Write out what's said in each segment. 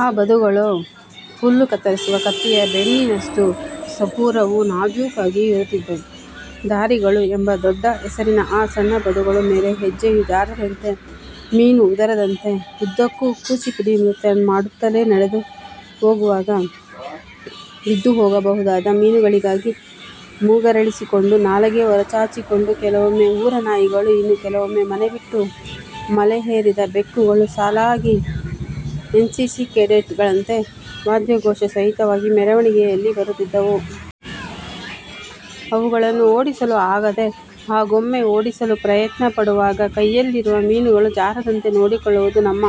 ಆ ಬದುಗಳೋ ಹುಲ್ಲು ಕತ್ತರಿಸುವ ಕತ್ತಿಯ ಬೆನ್ನಿನಷ್ಟು ಸಪೂರವೂ ನಾಜೂಕಾಗಿಯೂ ಇರುತ್ತಿದ್ದವು. ದಾರಿಗಳು ಎಂಬ ದೊಡ್ಡಹೆಸರಿನ ಆ ಸಣ್ಣಬದುಗಳ ಮೇಲೆ ಹೆಜ್ಜೆಯೂ ಜಾರದಂತೆ, ಮೀನೂ ಉದುರದಂತೆ ಉದ್ದಕ್ಕೂ ಕೂಚಿಪುಡಿ ನೃತ್ಯ ಮಾಡುತ್ತಲೇ ನಡೆದು ಹೋಗುವಾಗ; ಬಿದ್ದು ಹೋಗಬಹುದಾದ ಮೀನುಗಳಿಗಾಗಿ ಮೂಗರಳಿಸಿಕೊಂಡು ನಾಲಗೆ ಹೊರಚಾಚಿಕೊಂಡು ಕೆಲವೊಮ್ಮೆ ಊರನಾಯಿಗಳು, ಇನ್ನು ಕೆಲವೊಮ್ಮೆ ಮನೆಬಿಟ್ಟು ಮಲೆ ಏರಿದ ಬೆಕ್ಕುಗಳು ಸಾಲಾಗಿ ಎನ್ ಸಿ ಸಿ ಕೆಡೆಟ್ ಗಳಂತೆ ವಾದ್ಯಘೋಷ ಸಹಿತವಾಗಿ ಮೆರವಣಿಗೆಯಲ್ಲಿ ಬರುತ್ತಿದ್ದವು. ಅವುಗಳನ್ನು ಓಡಿಸಲೂ ಆಗದೆ, ಹಾಗೊಮ್ಮೆ ಓಡಿಸಲು ಪ್ರಯತ್ನ ಪಡುವಾಗ ಕೈಯಲ್ಲಿರುವ ಮೀನುಗಳೂ ಜಾರದಂತೆ ನೋಡಿಕೊಳ್ಳುವುದು ನಮ್ಮ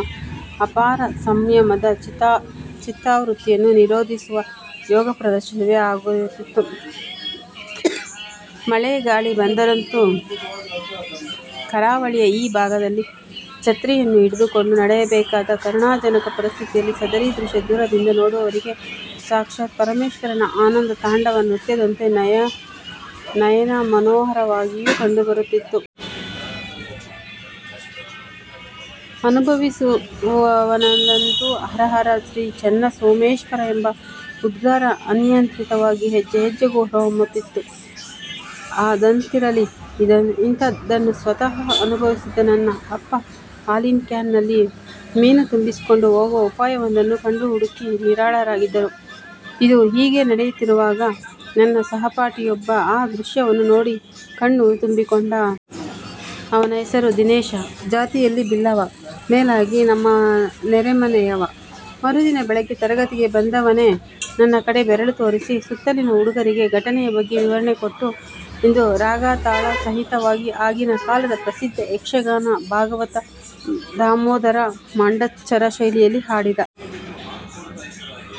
ಅಪಾರ ಸಂಯಮದ, ಚಿತ್ತವೃತ್ತಿಯನ್ನು ನಿರೋಧಿಸುವ ಯೋಗ ಪ್ರದರ್ಶನವೇ ಆಗಿರುತ್ತಿತ್ತು. ಮಳೆ-ಗಾಳಿ ಬಂದರಂತೂ ಕರಾವಳಿಯ ಈ ಭಾಗದಲ್ಲಿ ಛತ್ರಿಯನ್ನೂ ಹಿಡಿದುಕೊಂಡು ನಡೆಯಬೇಕಾದ ಕರುಣಾಜನಕ ಪರಿಸ್ಥಿತಿಯಲ್ಲಿ ಸದರಿ ದೃಶ್ಯ ದೂರದಿಂದ ನೋಡುವವರಿಗೆ ಸಾಕ್ಷಾತ್ ಪರಮೇಶ್ವರನ ಆನಂದ ತಾಂಡವ ನೃತ್ಯದಂತೆ ನಯನಮನೋಹರವಾಗಿಯೂ ಕಂಡುಬರುತ್ತಿತ್ತು. ಅನುಭವಿಸುವವನಲ್ಲಂತೂ ಹರಹರಾ ಶ್ರೀ ಚೆನ್ನಸೋಮೇಶ್ವರ ಎಂಬ ಉದ್ಗಾರ ಅನಿಯಂತ್ರಿತವಾಗಿ ಹೆಜ್ಜೆಹೆಜ್ಜೆಗೂ ಹೊರಹೊಮ್ಮುತ್ತಿತ್ತು ಅದಂತಿರಲಿ. ಇಂಥದ್ದನ್ನು ಸ್ವತಃ ಅನುಭವಿಸಿದ್ದ ನನ್ನ ಅಪ್ಪ ಹಾಲಿನ ಕ್ಯಾನ್ ನಲ್ಲಿ ಮೀನು ತುಂಬಿಸಿಕೊಂಡು ಹೋಗುವ ಉಪಾಯವೊಂದನ್ನು ಕಂಡು ಹುಡುಕಿ ನಿರಾಳರಾಗಿದ್ದರು. ಇದು ಹೀಗೇ ನಡೆಯುತ್ತಿರುವಾಗ ನನ್ನ ಸಹಪಾಠಿಯೊಬ್ಬ ಈ ದೃಶ್ಯವನ್ನು ನೋಡಿ ಕಣ್ಣು ತುಂಬಿಕೊಂಡ. ಅವನ ಹೆಸರು ದಿನೇಶ. ಜಾತಿಯಲ್ಲಿ ಬಿಲ್ಲವ. ಮೇಲಾಗಿ ನಮ್ಮ ನೆರೆಮನೆಯವ. ಮರುದಿನ ಬೆಳಿಗ್ಗೆ ತರಗತಿಗೆ ಬಂದವನೇ ನನ್ನ ಕಡೆ ಬೆರಳು ತೋರಿಸಿ, ಸುತ್ತಲಿನ ಹುಡುಗರಿಗೆ ಘಟನೆಯ ಬಗ್ಗೆ ವಿವರಣೆ ಕೊಟ್ಟು- – ಎಂದು ರಾಗ ತಾಳ ಸಹಿತವಾಗಿ ಆಗಿನ ಕಾಲದ ಪ್ರಸಿದ್ಧ ಯಕ್ಷಗಾನ ಭಾಗವತ ದಾಮೋದರ ಮಂಡೆಚ್ಚರ ಶೈಲಿಯಲ್ಲಿ ಹಾಡಿದ.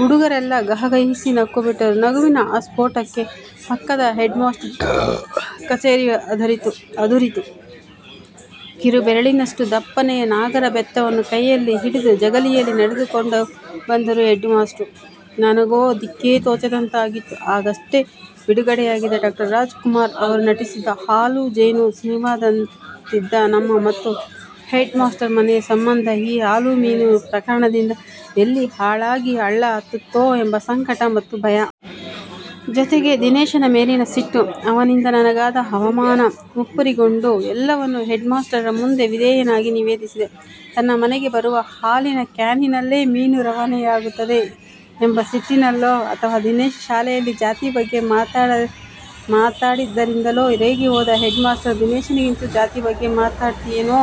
ಹುಡುಗರೆಲ್ಲ ಗಹಗಹಿಸಿ ನಕ್ಕುಬಿಟ್ಟರು. ನಗುವಿನ ಆಸ್ಫೋಟಕ್ಕೆ ಪಕ್ಕದ ಹೆಡ್ ಮಾಸ್ಟ್ರ ಕಛೇರಿ ಅದುರಿತು. ಕಿರುಬೆರಳಿನಷ್ಟು ದಪ್ಪನೆಯ ನಾಗರಬೆತ್ತವನ್ನು ಕೈಯಲ್ಲಿ ಹಿಡಿದು ಜಗಲಿಯಲ್ಲಿ ನಡೆದುಕೊಂಡು ಬಂದರು ಹೆಡ್ ಮಾಸ್ಟ್ರು. ನನಗೋ ದಿಕ್ಕೇ ತೋಚದಂತಾಗಿತ್ತು. ಆಗಷ್ಟೇ ಬಿಡುಗಡೆಯಾಗಿದ್ದ ಡಾ. ರಾಜ್ ಕುಮಾರ್ ರವರು ನಟಿಸಿದ್ದ ಹಾಲು-ಜೇನು ಸಿನಿಮಾದಂತಿದ್ದ ನಮ್ಮ ಮತ್ತು ಹೆಡ್ ಮಾಸ್ಟ್ರ ಮನೆಯ ಸಂಬಂಧ ಈ ಹಾಲು-ಮೀನು ಪ್ರಕರಣದಿಂದ ಎಲ್ಲಿ ಹಾಳಾಗಿ ಹಳ್ಳ ಹತ್ತುತ್ತೋ ಎಂಬ ಸಂಕಟ ಮತ್ತು ಭಯ. ಜೊತೆಗೆ ದಿನೇಶನ ಮೇಲಿನ ಸಿಟ್ಟು, ಅವನಿಂದ ನನಗಾದ ಅವಮಾನ ಮುಪ್ಪುರಿಗೊಂಡು ಎಲ್ಲವನ್ನೂ ಹೆಡ್ ಮಾಸ್ಟರರ ಮುಂದೆ ವಿಧೇಯನಾಗಿ ನಿವೇದಿಸಿದೆ. ತನ್ನ ಮನೆಗೆ ಬರುವ ಹಾಲಿನ ಕ್ಯಾನಿನಲ್ಲೇ ಮೀನೂ ರವಾನೆಯಾಗುತ್ತದೆ ಎಂಬ ಸಿಟ್ಟಿನಲ್ಲೋ ಅಥವ ದಿನೇಶ ಶಾಲೆಯಲ್ಲಿ ಜಾತಿ ಬಗ್ಗೆ ಮಾತಾಡಿದ್ದರಿಂದಲೋ ರೇಗಿ ಹೋದ ಹೆಡ್ ಮಾಸ್ಟರರು ದಿನೇಶನಿಗಂತೂ "ಜಾತಿ ಬಗ್ಗೆ ಮಾತಾಡ್ತಿಯೇನೋ.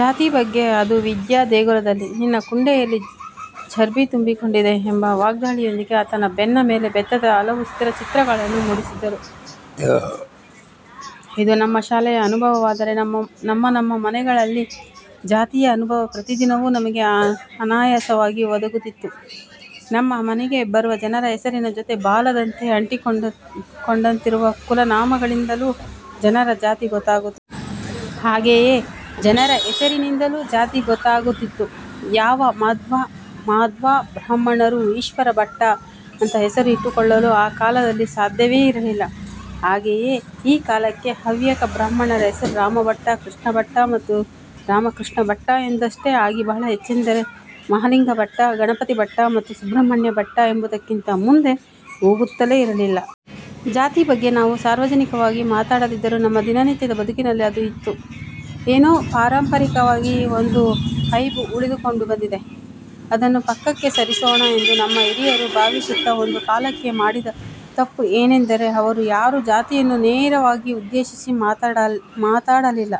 ಜಾತಿ ಬಗ್ಗೆ. ಅದೂ ವಿದ್ಯಾ ದೇಗುಲದಲ್ಲಿ. ನಿನ್ನ ಕುಂಡೆಯಲ್ಲಿ ಚರ್ಬಿ ತುಂಬಿಕೊಂಡಿದೆ" ಎಂಬ ವಾಗ್ದಾಳಿಯೊಂದಿಗೆ ಆತನ ಬೆನ್ನ ಮೇಲೆ ಬೆತ್ತದ ಹಲವು ಸ್ಥಿರ ಚಿತ್ರಗಳನ್ನು ಮೂಡಿಸಿದ್ದರು. ಇದು ನಮ್ಮ ಶಾಲೆಯ ಅನುಭವವಾದರೆ ನಮ್ಮನಮ್ಮ ಮನೆಗಳಲ್ಲಿ ಜಾತಿಯ ಅನುಭವ ಪ್ರತಿದಿನವೂ ನಮಗೆ ಅನಾಯಾಸವಾಗಿ ಒದಗುತ್ತಿತ್ತು. ನಮ್ಮ ಮನೆಗೆ ಬರುವ ಜನರ ಹೆಸರಿನ ಜೊತೆ ಬಾಲದಂತೆ ಅಂಟಿಕೊಂಡಂತಿರುವ ಕುಲನಾಮಗಳಿಂದಲೂ ಜನರ ಜಾತಿ ಗೊತ್ತಾಗುತ್ತಿತ್ತು. ಹಾಗೆಯೇ ಜನರ ಹೆಸರಿನಿಂದಲೂ ಜಾತಿ ಗೊತ್ತಾಗುತ್ತಿತ್ತು. ಯಾವ ಮಾಧ್ವ ಬ್ರಾಹ್ಮಣರೂ ಈಶ್ವರ ಭಟ್ಟ ಅಂತ ಹೆಸರು ಇಟ್ಟುಕೊಳ್ಳಲು ಆ ಕಾಲದಲ್ಲಿ ಸಾಧ್ಯವೇ ಇರಲಿಲ್ಲ. ಹಾಗೆಯೇ ಆ ಕಾಲಕ್ಕೆ ಹವ್ಯಕ ಬ್ರಾಹ್ಮಣರ ಹೆಸರು ರಾಮ ಭಟ್ಟ, ಕೃಷ್ಣ ಭಟ್ಟ ಮತ್ತು ರಾಮಕೃಷ್ಣ ಭಟ್ಟ ಎಂದಷ್ಟೇ ಆಗಿ ಬಹಳ ಹೆಚ್ಚೆಂದರೆ ಮಹಾಲಿಂಗ ಭಟ್ಟ, ಗಣಪತಿ ಭಟ್ಟ ಮತ್ತು ಸುಬ್ರಹ್ಮಣ್ಯ ಭಟ್ಟ ಎಂಬುದಕ್ಕಿಂತ ಮುಂದೆ ಹೋಗುತ್ತಲೇ ಇರಲಿಲ್ಲ. ಜಾತಿ ಬಗ್ಗೆ ನಾವು ಸಾರ್ವಜನಿಕವಾಗಿ ಮಾತಾಡದಿದ್ದರೂ ನಮ್ಮ ದಿನನಿತ್ಯದ ಬದುಕಿನಲ್ಲಿ ಅದು ಇತ್ತು. ಏನೋ ಪಾರಂಪರಿಕವಾಗಿ ಒಂದು ಐಬು ಉಳಿದುಕೊಂಡು ಬಂದಿದೆ. ಅದನ್ನು ಪಕ್ಕಕ್ಕೆ ಸರಿಸೋಣ ಎಂದು ನಮ್ಮ ಹಿರಿಯರು ಭಾವಿಸುತ್ತ ಒಂದು ಕಾಲಕ್ಕೆ ಮಾಡಿದ ತಪ್ಪು ಏನೆಂದರೆ ಅವರು ಯಾರೂ ಜಾತಿಯನ್ನು ನೇರವಾಗಿ ಉದ್ದೇಶಿಸಿ ಮಾತಾಡಲಿಲ್ಲ.